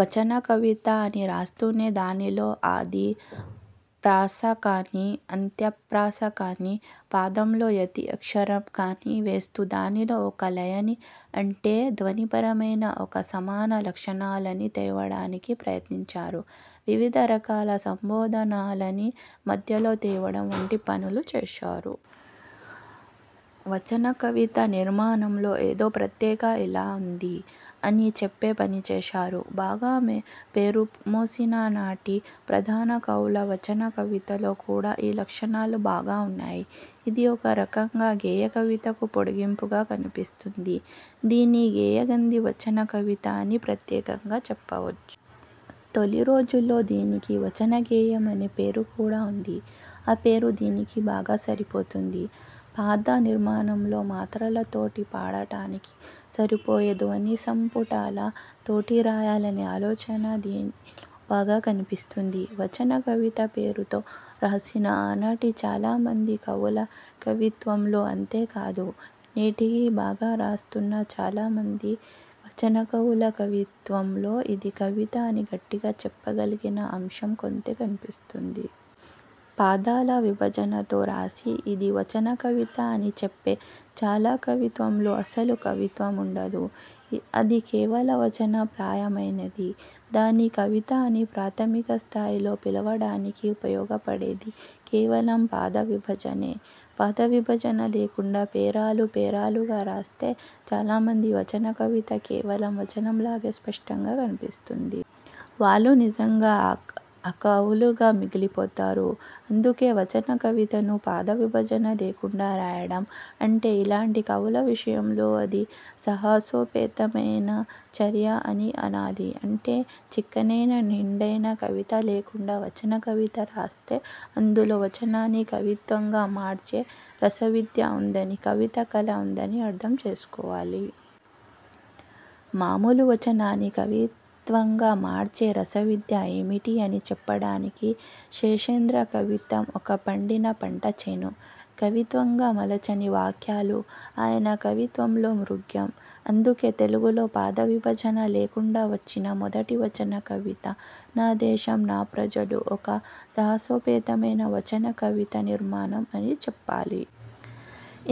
వచన కవిత అని రాస్తూనే దానిలో ఆది ప్రాస కాని, అంత్య ప్రాస కాని, పాదంలో యతి అక్షరం కాని వేస్తూ దానిలో ఒక లయని అంటే ధ్వనిపరమైన ఒక సమాన లక్షణాలని తేవడానికి ప్రయత్నించారు. వివిధ రకాల సంబోధనలని మధ్యలో తేవడం వంటి పనులు చేశారు. వచనకవిత నిర్మాణంలో ఏదో ప్రత్యేక ఇలా ఉంది అని చెప్పే పనిచేశారు. బాగా పేరుమోసిన నాటి ప్రధాన కవుల వచన కవితలో కూడా ఈ లక్షణాలు బాగా ఉన్నాయి. ఇది ఒక రకంగా గేయ కవితకు పొడిగింపుగా కనిపిస్తుంది. దీన్ని గేయగంధి వచన కవిత అని ప్రత్యేకంగా చెప్పవచ్చు. తొలి రోజుల్లో దీనికి వచనగేయం అనే పేరు కూడా ఉంది. ఆపేరు దీనికి బాగా సరిపోతుంది. పాద నిర్మాణంలో మాత్రల తోటి పాడటానికి సరిపోయే ధ్వనిసంపుటాల తోటి రాయాలనే ఆలోచన దీనిలో బాగా కనిపిస్తుంది. వచన కవిత పేరుతో రాసిన ఆనాటి చాలా మంది కవుల కవిత్వంలో, అంతే కాదు నేటికీ బాగా రాస్తున్న చాలా మంది వచన కవుల కవిత్వంలో ఇది కవిత అని గట్టిగా చెప్పగలిగిన అంశం కొంతే కనిపిస్తుంది. పాదాల విభజనతో రాసి ఇది వచన కవిత అని చెప్పే చాలా కవిత్వంలో అసలు కవిత్వం ఉండదు. అది కేవల వచన ప్రాయమైనది. దాన్ని కవిత అని ప్రాథమిక స్థాయిలో పిలవ డానికి ఉపయోగపడేది కేవలం పాదవిభజనే. పాదవిభజన లేకుండా పేరాలు పేరాలుగా రాస్తే చాలా మంది వచన కవిత కేవలం వచనంలాగే స్పష్టంగా కనిపిస్తుంది. వాళ్ళు నిజంగా అకవులుగా మిగిలిపోతారు. అందుకే వచన కవితను పాద విభజన లేకుండా రాయడం అంటే ఇలాంటి కవుల విషయంలో అది సాహసోపేతమైన చర్య అని అనాలి. అంటే చిక్కనైన నిండైన కవిత లేకుండా వచన కవిత రాస్తే అందులో వచనాన్ని కవిత్వంగా మార్చే రసవిద్య ఉందని, కవితా కళ ఉందని అర్థం చేసుకోవాలి. మామూలు వచనాన్ని కవిత్వంగా మార్చే రసవిద్య ఏమిటి అని చెప్పడానికి శేషేంద్ర కవిత్వం ఒక పండిన పంటచేను. కవిత్వంగా మలచని వాక్యాలు ఆయన కవిత్వంలో మృగ్యం. అందుకే తెలుగులో పాద విభజన లేకుం డా వచ్చిన మొదటి వచనకవిత 'నాదేశం నా ప్రజలు' ఒక సాహసోపేతమైన వచనకవితా నిర్మాణం అని చెప్పాలి.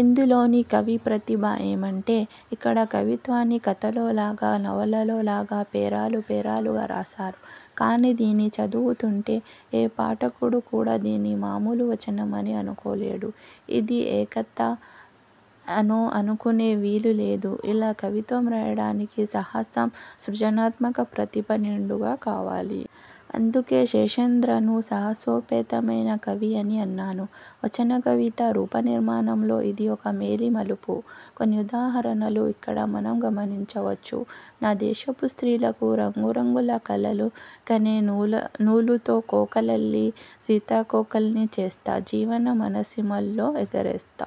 ఇందులోని కవి ప్రతిభ ఏమంటే ఇక్కడ కవిత్వాన్ని కథలో లాగా నవలలో లాగా పేరాలు పేరాలుగా రాసారు. కాని దీన్ని చదువుతుంటే ఏ పాఠకుడు కూడా దీన్ని మాములు వచనం అని అనుకోలేడు. ఇది ఏ కథ అనో అనుకునే వీలు లేదు. ఇలా కవిత్వం రాయడానికి సాహసం, సృజనాత్మక ప్రతిభ నిండుగా కావాలి. అందుకే శేషేంద్రను సాహసోపే తమైన కవి అని అన్నాను. వచన కవిత రూప నిర్మాణంలో ఇది ఒక మేలి మలుపు. కొన్ని ఉదాహరణలు ఇక్కడ మనం గమనించవచ్చు: ''నా దేశపు స్త్రీలకు రంగు రంగుల కలలు కనే నూలుతో కోకలల్లి, సీతాకోకల్ని చేస్తా, జీవన వనసీమల్లో ఎగరేస్తా.